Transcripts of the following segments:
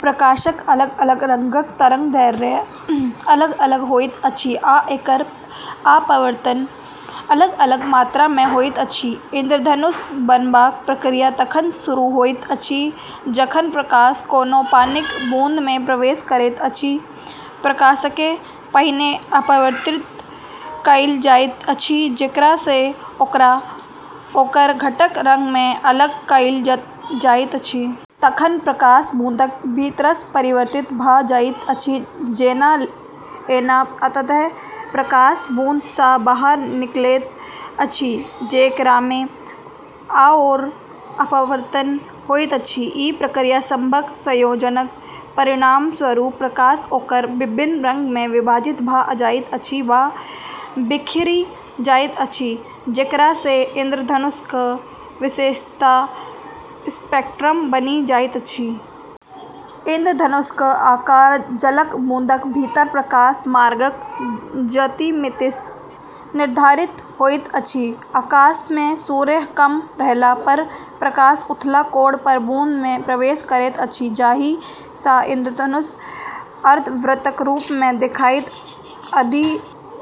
प्रकाशक अलग-अलग रंगक तरंगदैर्ध्य अलग-अलग होइत अछि आ एकर अपवर्तन अलग-अलग मात्रामे होइत अछि। इंद्रधनुष बनबाक प्रक्रिया तखन शुरू होइत अछि जखन प्रकाश कोनो पानिक बूंदमे प्रवेश करैत अछि। प्रकाशकेँ पहिने अपवर्तित कएल जाइत अछि, जेकरा सँ ओकरा ओकर घटक रंगमे अलग कएल जाइत अछि। तखन प्रकाश बूंदक भीतरसँ परावर्तित भ’ जाइत अछि, जेना ऐना। अंततः प्रकाश बूंद सँ बाहर निकलैत अछि, जेकरामे आओर अपवर्तन होइत अछि। ई प्रक्रिया सभक संयोजनक परिणामस्वरूप प्रकाश ओकर विभिन्न रंगमे विभाजित भ’ जाइत अछि, वा बिखरि जाइत अछि, जेकरा सँ इंद्रधनुषक विशेषता स्पेक्ट्रम बनि जाइत अछि। इंद्रधनुषक आकार जलक बूंदक भीतर प्रकाश मार्गक ज्यामितिसँ निर्धारित होइत अछि। आकाशमे सूर्य कम रहला पर प्रकाश उथला कोण पर बूंदमे प्रवेश करैत अछि, जाहि सँ इंद्रधनुष अर्धवृत्तक रूपमे देखाइत अछि।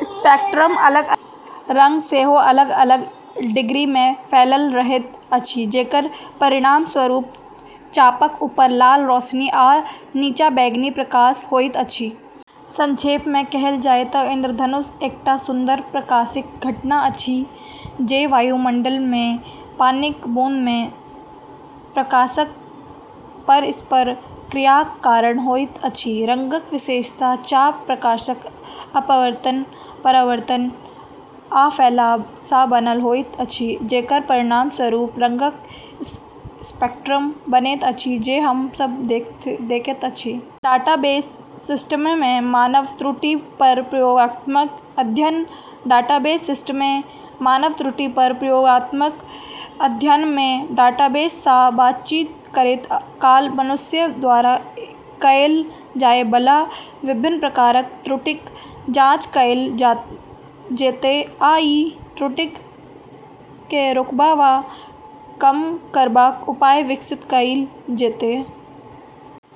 स्पेक्ट्रमक अलग-अलग रंग सेहो अलग-अलग डिग्रीमे फैलल रहैत अछि, जेकर परिणामस्वरूप चापक ऊपर लाल रोशनी आ नीचाँ बैंगनी प्रकाश होइत अछि। संक्षेपमे कहल जाय तँ इंद्रधनुष एकटा सुंदर प्रकाशिक घटना अछि जे वायुमंडलमे पानिक बूंद सँ प्रकाशक परस्पर क्रियाक कारण होइत अछि। रंगक विशेषता चाप प्रकाशक अपवर्तन, परावर्तन आ फैलाव सँ बनल होइत अछि, जेकर परिणामस्वरूप रंगक स्पेक्ट्रम बनैत अछि जे हम सभ देखैत छी। डाटाबेस सिस्टममे मानव त्रुटि पर प्रयोगात्मक अध्ययन। डाटाबेस सिस्टममे मानव त्रुटि पर प्रयोगात्मक अध्ययनमे डाटाबेस सँ बातचीत करैत काल मनुष्य द्वारा कएल जाय बला विभिन्न प्रकारक त्रुटिक जाँच कएल जेतै, आ ई त्रुटिकेँ रोकबा वा कम करबाक उपाय विकसित कएल जेतै।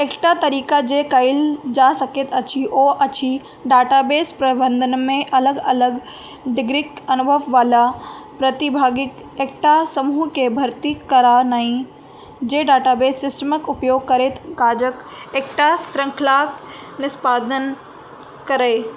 एकटा तरीका जे कएल जा सकैत अछि ओ अछि डाटाबेस प्रबंधनमे अलग-अलग डिग्रीक अनुभव बला प्रतिभागिक एकटा समूहकेँ भर्ती करनाइ जे डाटाबेस सिस्टमक उपयोग करैत काजक एकटा श्रृंखलाक निष्पादन करय।